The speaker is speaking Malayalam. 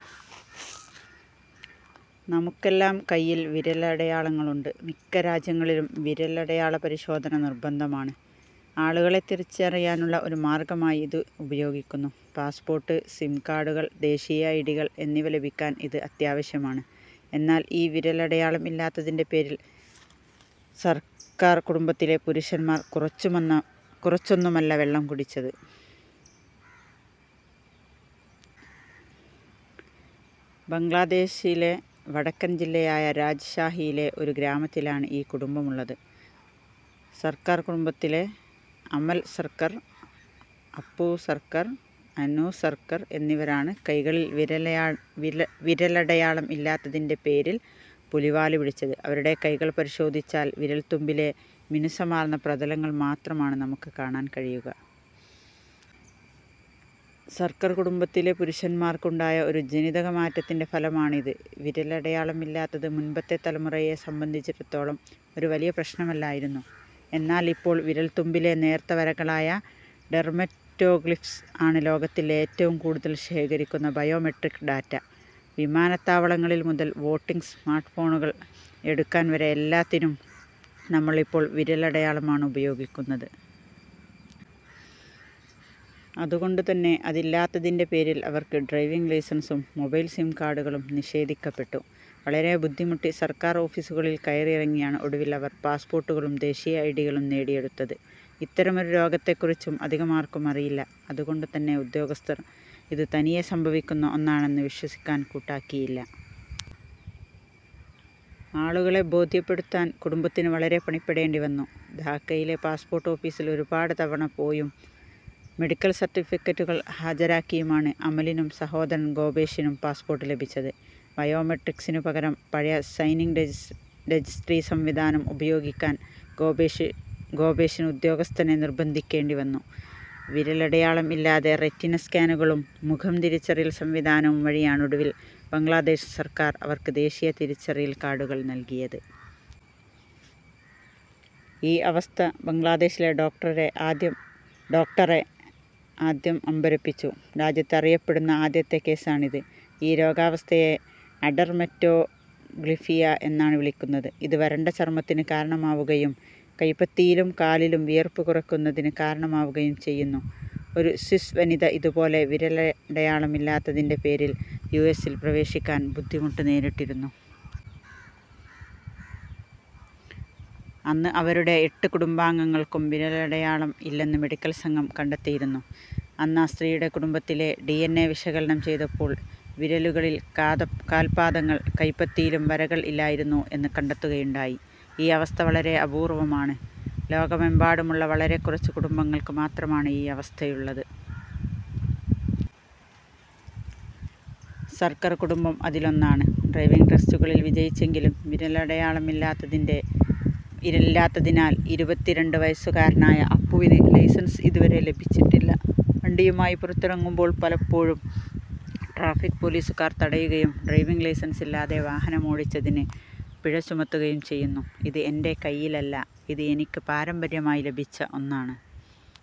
നമുക്കെല്ലാം കൈയിൽ വിരലടയാളങ്ങളുണ്ട്. മിക്ക രാജ്യങ്ങളിലും വിരലടയാള പരിശോധന നിർബന്ധമാണ്. ആളുകളെ തിരിച്ചറിയാനുള്ള ഒരു മാർഗമായി ഇത് ഉപയോഗിക്കുന്നു. പാസ്പോർട്ട്, സിം കാർഡുകൾ, ദേശീയ ഐഡികൾ എന്നിവ ലഭിക്കാൻ ഇത് അതാവശ്യമാണ്. എന്നാൽ, ഈ വിരലടയാളം ഇല്ലാത്തതിൻ്റെ പേരിൽ സർക്കർ കുടുംബത്തിലെ പുരുഷന്മാർ കുറച്ചുമോന്ന കുറച്ചൊന്നുമല്ല വെള്ളം കുടിച്ചത്. ബംഗ്ലാദേശിലെ വടക്കൻ ജില്ലയായ രാജ്ഷാഹിയിലെ ഒരു ഗ്രാമത്തിലാണ് ഈ കുടുംബമുള്ളത്. സർക്കർ കടുംബത്തിലെ അമൽ സർക്കർ, അപു സർക്കാർ, അനു സർക്കർ എന്നിവരാണ് കൈകളിൽ വിരലയ വിര വിരലടയാളം ഇല്ലാത്തതിൻ്റെ പേരിൽ പുലിവാല് പിടിച്ചത്. അവരുടെ കൈകൾ പരിശോധിച്ചാൽ വിരൽത്തുമ്പിലെ മിനുസമാർന്ന പ്രതലങ്ങൾ മാത്രമാണ് നമുക്ക് കാണാൻ കഴിയുക. സർക്കർ കുടുംബത്തിലെ പുരുഷന്മാർക്ക് ഉണ്ടായ ഒരു ജനിതകമാറ്റത്തിൻ്റെ ഫലമാണ് ഇത്. വിരലടയാളം ഇല്ലാത്തത് മുൻപത്തെ തലമുറയെ സംബന്ധിച്ചിടത്തോളം ഒരു വലിയ പ്രശ്നമല്ലായിരുന്നു. എന്നാൽ, ഇപ്പോൾ വിരൽത്തുമ്പിലെ നേർത്ത വരകളായ ഡെർമറ്റോഗ്ലിഫ്സ് ആണ് ലോകത്തിൽ ഏറ്റവും കൂടുതൽ ശേഖരിക്കുന്ന ബയോമെട്രിക് ഡാറ്റ. വിമാനത്താവളങ്ങളിൽ മുതൽ വോട്ടിംഗ്, സ്മാർട്ട്ഫോണുകൾ എടുക്കാൻ വരെ എല്ലാത്തിനും നമ്മൾ ഇപ്പോൾ വിരലടയാളമാണ് ഉപയോഗിക്കുന്നത്. അതുകൊണ്ട് തന്നെ അതില്ലാത്തതിൻ്റെ പേരിൽ അവർക്ക് ഡ്രൈവിംഗ് ലൈസൻസും മൊബൈൽ സിം കാർഡുകളും നിഷേധിക്കപ്പെട്ടു. വളരെ ബുദ്ധിമുട്ടി സർക്കാർ ഓഫീസുകളിൽ കയറി ഇറങ്ങിയാണ് ഒടുവിൽ അവർ പാസ്പോർട്ടുകളും ദേശീയ ഐഡികളും നേടിയെടുത്തത്. ഇത്തരമൊരു രോഗത്തെ കുറിച്ചും അധികമാർക്കും അറിയില്ല. അതുകൊണ്ടുതന്നെ ഉദ്യോഗസ്ഥർ ഇത് തനിയെ സംഭവിക്കുന്ന ഒന്നാണെന്ന് വിശ്വസിക്കാൻ കൂട്ടാക്കിയില്ല. ആളുകളെ ബോധ്യപ്പെടുത്താൻ കുടുംബത്തിന് വളരെ പണിപ്പെടേണ്ടി വന്നു. ധാക്കയിലെ പാസ്പോർട്ട് ഓഫീസിൽ ഒരുപാട് തവണ പോയും, മെഡിക്കൽ സർട്ടിഫിക്കറ്റുകൾ ഹാജരാക്കിയുമാണ് അമലിനും സഹോദരൻ ഗോപേഷിനും പാസ്പോർട്ട് ലഭിച്ചത്. ബയോമെട്രിക്സിനുപകരം, പഴയ സൈനിംഗ് രജിസ് രജിസ്ട്രി സംവിധാനം ഉപയോഗിക്കാൻ ഗോപേഷി ഗോപേഷിന് ഉദ്യോഗസ്ഥനെ നിർബന്ധിക്കേണ്ടി വന്നു. വിരലടയാളം ഇല്ലാതെ റെറ്റിന സ്കാനുകളും മുഖം തിരിച്ചറിയൽ സംവിധാനവും വഴിയാണ് ഒടുവിൽ ബംഗ്ലാദേശ് സർക്കാർ അവർക്ക് ദേശീയ തിരിച്ചറിയൽ കാർഡുകൾ നൽകിയത്. ഈ അവസ്ഥ ബംഗ്ലാദേശിലെ ഡോക്ടരെ ആദ്യം ഡോക്ടറെ ആദ്യം അമ്പരപ്പിച്ചു. രാജ്യത്ത് അറിയപ്പെടുന്ന ആദ്യത്തെ കേസാണ് ഇത്. ഈ രോഗാവസ്ഥയെ അഡെർമറ്റോഗ്ലിഫിയ എന്നാണ് വിളിക്കുന്നത്. ഇത് വരണ്ട ചർമ്മത്തിന് കാരണമാവുകയും കൈപ്പത്തിയിലും കാലിലും വിയർപ്പ് കുറയ്ക്കുന്നതിന് കാരണമാവുകയും ചെയ്യുന്നു. ഒരു സ്വിസ് വനിത ഇതുപോലെ വിരലടയാളം ഇല്ലാത്തതിൻ്റെ പേരിൽ യുഎസിൽ പ്രവേശിക്കാൻ ബുദ്ധിമുട്ട് നേരിട്ടിരുന്നു. അന്ന് അവരുടെ എട്ട് കുടുംബാംഗങ്ങൾക്കും വിരലടയാളം ഇല്ലെന്ന് മെഡിക്കൽ സംഘം കണ്ടെത്തിയിരുന്നു. അന്ന് ആ സ്ത്രീയുടെ കുടുംബത്തിലെ ഡി. എൻ. എ. വിശകലനം ചെയ്തപ്പോൾ വിരലുകളിൽ, കാദം കാൽപാദങ്ങൾ, കൈപ്പത്തിയിലും വരകൾ ഇല്ലായിരുന്നു എന്ന് കണ്ടത്തുകയുണ്ടായി. ഈ അവസ്ഥ വളരെ അപൂർവമാണ്. ലോകമെമ്പാടുമുള്ള വളരെ കുറച്ച് കുടുംബങ്ങൾക്ക് മാത്രമാണ് ഈ അവസ്ഥയുള്ളത്. സർക്കർ കുടുംബം അതിലൊന്നാണ്. ഡ്രൈവിംഗ് ടെസ്റ്റുകളിൽ വിജയിച്ചെങ്കിലും, വിരലടയാളം ഇല്ലാത്തതിന്റെ ഇല്ലാത്തതിനാൽ ഇരുപത്തിരണ്ട് വയസ്സുകാരനായ അപ്പുവിന് ലൈസൻസ് ഇതുവരെ ലഭിച്ചിട്ടില്ല. വണ്ടിയുമായി പുറത്തിറങ്ങുമ്പോൾ പലപ്പോഴും ട്രാഫിക് പൊലീസുകാർ തടയുകയും ഡ്രൈവിംഗ് ലൈസൻസില്ലാതെ വാഹനമോടിച്ചതിന് പിഴ ചുമത്തുകയും ചെയ്യുന്നു. "ഇത് എൻ്റെ കൈയിലല്ല. ഇത് എനിക്ക് പാരമ്പര്യമായി ലഭിച്ച ഒന്നാണ്.